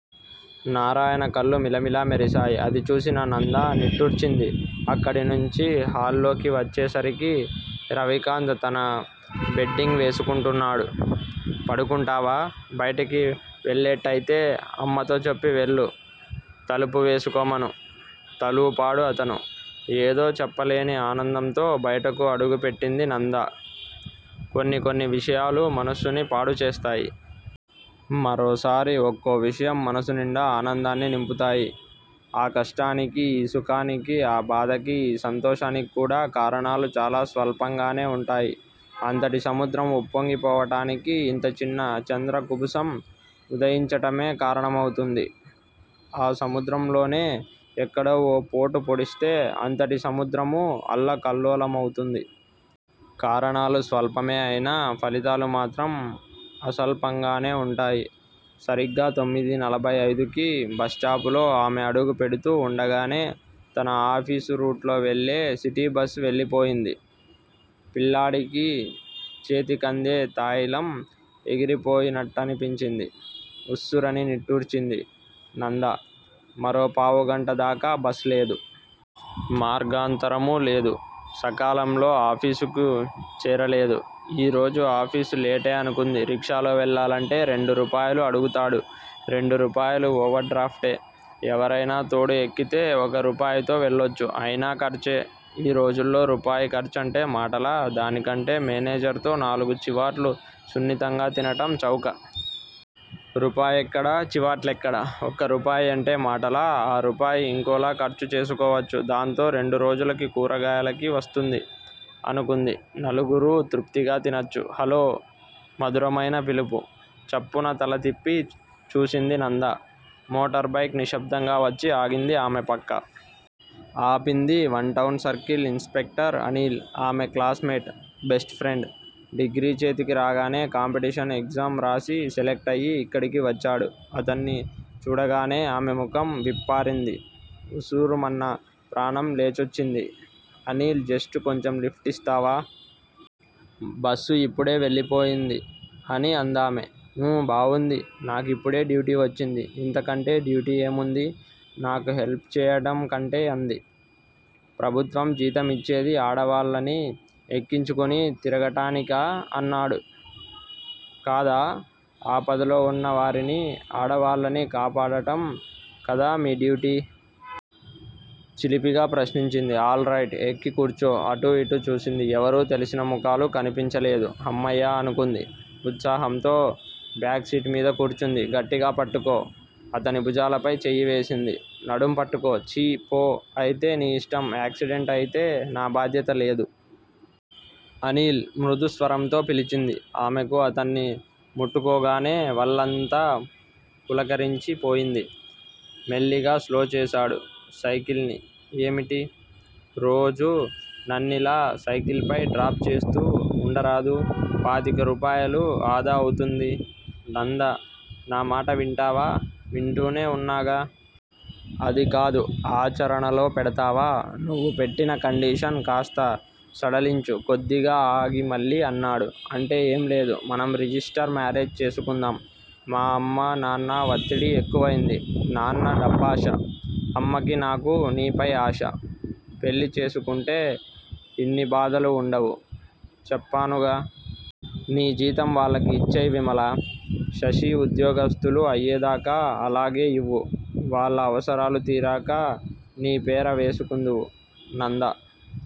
నారాయణ కళ్ళు మిలమిల మెరిశాయి. అది చూసిన నంద నిట్టూర్చింది. అక్కడినుంచి హాల్లోకి వచ్చేసరికి రవికాంత్ తన బెడ్డింగ్ వేసుకుంటున్నాడు. పడుకుంటావా? బయటికి వెళ్ళేట్టయితే అమ్మతో చెప్పి వెళ్ళు తలుపు వేసుకోమను! తలూపాడు అతను! ఏదో చెప్పలేని ఆనందంతో బయటకు అడుగు పెట్టింది నంద. కొన్ని కొన్ని విషయాలు మనస్సుని పాడు చేస్తాయి. మరోసారి ఒక్కో విషయం మనస్సునిండా ఆనందాన్ని నింపుతాయి. ఆ కష్టానికీ, ఈ సుఖానికీ, ఆ బాధకీ, ఈ సంతోషానికీ కూడా కారణాలు చాలా స్వల్పంగానే వుంటాయి. అంతటి సముద్రం ఉప్పొంగి పోవటానికి ఇంత చిన్న చంద్ర కుబుసం ఉదయించటమే కారణమవుతుంది! ఆ సముద్రంలోనే ఇక్కడో ఓ పోటు పొడిస్తే అంతటి సముద్రమూ అల్లకల్లోలమవుతుంది! కారణాలు స్వల్పమే అయినా ఫలితాలు మాత్రం అసల్పంగానే వుంటాయి! సరిగ్గా తొమ్మిదీ నలభై అయిదుకి బస్టాపులో ఆమె అడుగు పెడుతూ వుండగానే తన ఆఫీసు రూట్ లో వెళ్ళే సిటీ బస్ వెళ్ళిపోయింది. పిల్లాడికి చేతికందే తాయిలం ఎగిరిపోయి నట్టనిపించింది. ఉస్సురని నిట్టూర్చింది నంద. మరో పావుగంట దాకా బస్ లేదు. మార్గాంతరము లేదు. సకాలంలో ఆఫీసుకి చేరలేదు. ఈ రోజు ఆఫీసు లేటే అనుకుంది. రిక్షాలో వెళ్ళాలంటే రెండు రూపాయలు అడుగుతాడు. రెండు రూపాయలు ఓవర్ డ్రాఫ్టే! ఎవరైనా తోడు ఎక్కితే ఒక రూపాయితో వెళ్ళొచ్చు! అయినా ఖర్చే! ఈ రోజుల్లో రూపాయి ఖర్చంటే మాటలా? దానికంటే మేనేజర్ తో నాలుగు చివాట్లు సున్నితంగా తినటం చౌక! రూపాయెక్కడ? చివాట్లెక్కడ! ఒక రూపాయి అంటే మాటలా! ఆ రూపాయి యింకోలా ఖర్చు చేసుకోవచ్చు! దాంతో రెండు రోజులకి కూరగాయలకి వస్తుంది అనుకుంది! నలుగురూ తృప్తిగా తినచ్చు. హలో! మధురమైన పిలుపు. చప్పున తల తిప్పి చూసింది నంద. మోటార్ బైక్ నిశ్శబ్దంగా వచ్చి ఆగింది ఆమె పక్క. ఆపింది one town circle inspector Anil! ఆమె classmate! Best friend! Degree చేతికి రాగానే కాంపిటేషన్ ఎగ్జామ్ రాసి సెలక్టయ్యి ఇక్కడికి వచ్చాడు. అతన్ని చూడగానే ఆమె ముఖం విప్పారింది. ఉస్సురుమన్న ప్రాణం లేచొచ్చింది. అనీల్ జస్టు కొంచెం లిఫ్ట్ ఇస్తావా? బస్సు ఇప్పుడే వెళ్ళిపోయింది అని అందామె. ఊ బావుంది! నాకిప్పుడే డ్యూటీ వచ్చింది ఇంతకంటే డ్యూటీ ఏముంది నాకు హెల్ప్ చెయ్యటం కంటే అంది. ప్రభుత్వం జీతం ఇచ్చేది ఆడవాళ్ళని ఎక్కించుకుని తిరగటానికా అన్నాడు. కాదా? ఆపదలో వున్న వారిని, ఆడవాళ్ళని కాపాడటం కాదా మీ డ్యూటీ! చిలిపిగా ప్రశ్నించింది. All right! ఎక్కి కూర్చో! అటు, ఇటు చూసింది ఎవరూ తెలిసిన ముఖాలు కన్పించలేదు. 'హమ్మయ్య' అనుకుంది. ఉత్సాహంతో బ్యాక్ సీట్ మీద కూర్చుంది. గట్టిగా పట్టుకో! అతని భుజాలపై చెయ్యి వేసింది. నడుం పట్టుకో! ఛీ! పో- అయితే నీ యిష్టం యాక్సిడెంటయితే నా బాధ్యత లేదు! అనిల్ మృదు స్వరంతో పిలిచింది. ఆమెకు అతన్ని ముట్టుకోగానే వళ్ళంతా పులకరించి పోయింది. మెల్లిగా స్లో చేశాడు సైకిల్ ని ఏమిటి? రోజూ నన్నిలా సైకిల్ పై డ్రాప్ చేస్తూ వుండరాదూ పాతిక రూపాయలు ఆదా అవుతుంది. నందా నా మాట వింటావా? వింటూనే వున్నాగా! అదికాదు ఆచరణలో పెడతావా? నువ్వు పెట్టిన కండిషన్ కాస్త సడలించు కొద్దిగా ఆగి మళ్ళీ అన్నాడు. అంటే ఏం లేదు. మనం రిజిస్టర్ మేరేజ్ చేసుకుందాం. మా అమ్మా, నాన్నా వత్తిడి ఎక్కువైంది. నాన్న డబ్బాశ! అమ్మకి నాకు నీపై ఆశ! పెళ్ళి చేసుకుంటే ఇన్ని బాధలు వుండవు చెప్పానుగా! నీ జీతం వాళ్ళకి ఇచ్చెయ్ విమల, శశి ఉద్యోగస్తులు అయ్యేదాకా అలాగే ఇవ్వు! వాళ్ళ అవసరాలు తీరాక నీ పేర వేసుకుందువు. నంద